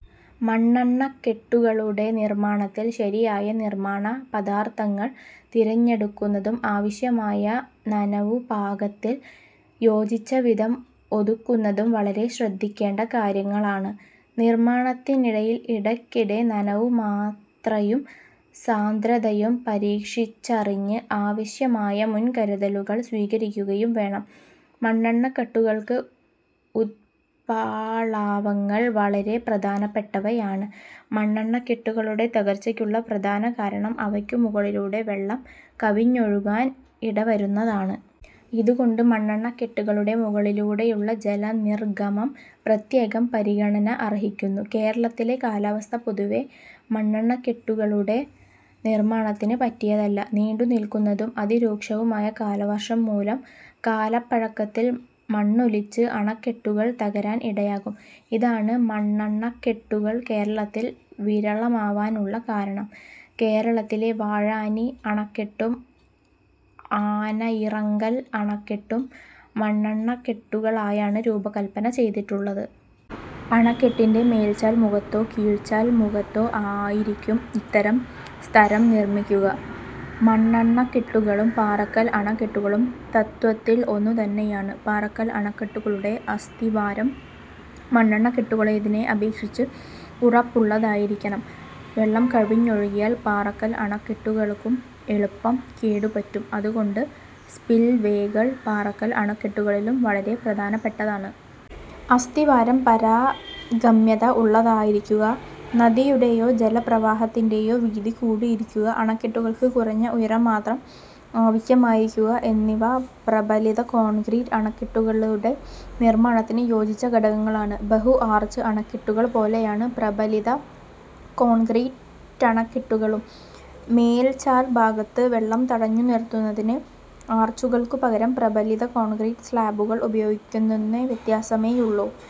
മണ്ണെണ്ണക്കെട്ടുകളുടെ നിർമ്മാണത്തിൽ ശരിയായ നിർമ്മാണ പദാർഥങ്ങൾ തിരഞ്ഞെടുക്കുന്നതും ആവശ്യമായ 'നനവു പാക'ത്തിൽ യോജിച്ച വിധം ഒതുക്കുന്നതും വളരെ ശ്രദ്ധിക്കേണ്ട കാര്യങ്ങളാണ്. നിർമ്മാണത്തിനിടയിൽ ഇടയ്ക്കിടെ നനവു മാത്രയും സാന്ദ്രതയും പരീക്ഷിച്ചറിഞ്ഞ് ആവശ്യമായ മുൻകരുതലുകൾ സ്വീകരിക്കുകയും വേണം. മണ്ണെണ്ണക്കെട്ടുകൾക്ക് ഉത്പ്ളാവങ്ങൾ വളരെ പ്രധാനപ്പെട്ടവയാണ്. മണ്ണെണ്ണക്കെട്ടുകളുടെ തകർച്ചയ്ക്കുള്ള പ്രധാന കാരണം അവയ്ക്കു മുകളിലൂടെ വെള്ളം കവിഞ്ഞൊഴുകാൻ ഇടവരുന്നതാണ്. ഇതു കൊണ്ട് മണ്ണെണ്ണക്കെട്ടുകളുടെ മുകളിലൂടെയുള്ള ജല നിർഗമം പ്രത്യേകം പരിഗണന അർഹിക്കുന്നു. കേരളത്തിലെ കാലാവസ്ഥ പൊതുവേ മണ്ണെണ്ണക്കെട്ടുകളുടെ നിർമ്മാണത്തിന് പറ്റിയതല്ല. നീണ്ടു നില്ക്കുന്നതും അതിരൂക്ഷവുമായ കാലവർഷം മൂലം കാലപ്പഴക്കത്തിൽ മണ്ണൊലിച്ച് അണക്കെട്ടുകൾ തകരാൻ ഇടയാകും. ഇതാണ് മണ്ണെണ്ണക്കെട്ടുകൾ കേരളത്തിൽ വിരളമാവാനുള്ള കാരണം. കേരളത്തിലെ 'വാഴാനി' അണക്കെട്ടും 'ആനയിറങ്കൽ' അണക്കെട്ടും മണ്ണെണ്ണക്കെട്ടുകളായാണ് രൂപകല്പന ചെയ്തിട്ടുള്ളത്. അണക്കെട്ടിന്റെ മേൽചാൽ മുഖത്തോ കീഴ്ചാൽ മുഖത്തോ ആയിരിക്കും ഇത്തരം സ്തരം നിർമ്മിക്കുക. മണ്ണെണ്ണക്കെട്ടുകളും പാറക്കൽ അണക്കെട്ടുകളും തത്ത്വത്തിൽ ഒന്നു തന്നെയാണ്. പാറക്കൽ അണക്കെട്ടുകളുടെ അസ്ഥിവാരം മണ്ണെണ്ണക്കെട്ടുകളുടേതിനെ അപേക്ഷിച്ച് ഉറപ്പുള്ളതായിരിക്കണം. വെള്ളം കവിഞ്ഞൊഴുകിയാൽ പാറക്കൽ അണക്കെട്ടുകൾക്കും എളുപ്പം കേടു പറ്റും. അതുകൊണ്ടു സ്പിൽവേകൾ പാറക്കൽ അണക്കെട്ടുകളിലും വളരെ പ്രധാനപ്പെട്ടതാണ്. അസ്ഥിവാരം പാരഗമ്യത ഉള്ളതായിരിക്കുക, നദിയുടെയോ ജല പ്രവാഹത്തിന്റെയോ വീതി കൂടിയിരിക്കുക, അണക്കെട്ടുകൾക്ക് കുറഞ്ഞ ഉയരം മാത്രം ആവശ്യമായിരിക്കുക എന്നിവ പ്രബലിത കോൺക്രീറ്റ് അണക്കെട്ടുകളുടെ നിർമ്മാണത്തിന് യോജിച്ച ഘടകങ്ങളാണ്. ബഹു-ആർച്ച് അണക്കെട്ടുകൾ പോലെയാണ് പ്രബലിത കോൺക്രീറ്റ ണക്കെട്ടുകളും. മേൽചാൽഭാഗത്ത് വെള്ളം തടഞ്ഞുനിർത്തുന്നതിന് ആർച്ചുകൾക്കുപകരം പ്രബലിത കോൺക്രീറ്റ് സ്ളാബുകൾ ഉപയോഗിക്കുന്നെന്ന വ്യത്യാസമേയുള്ളു.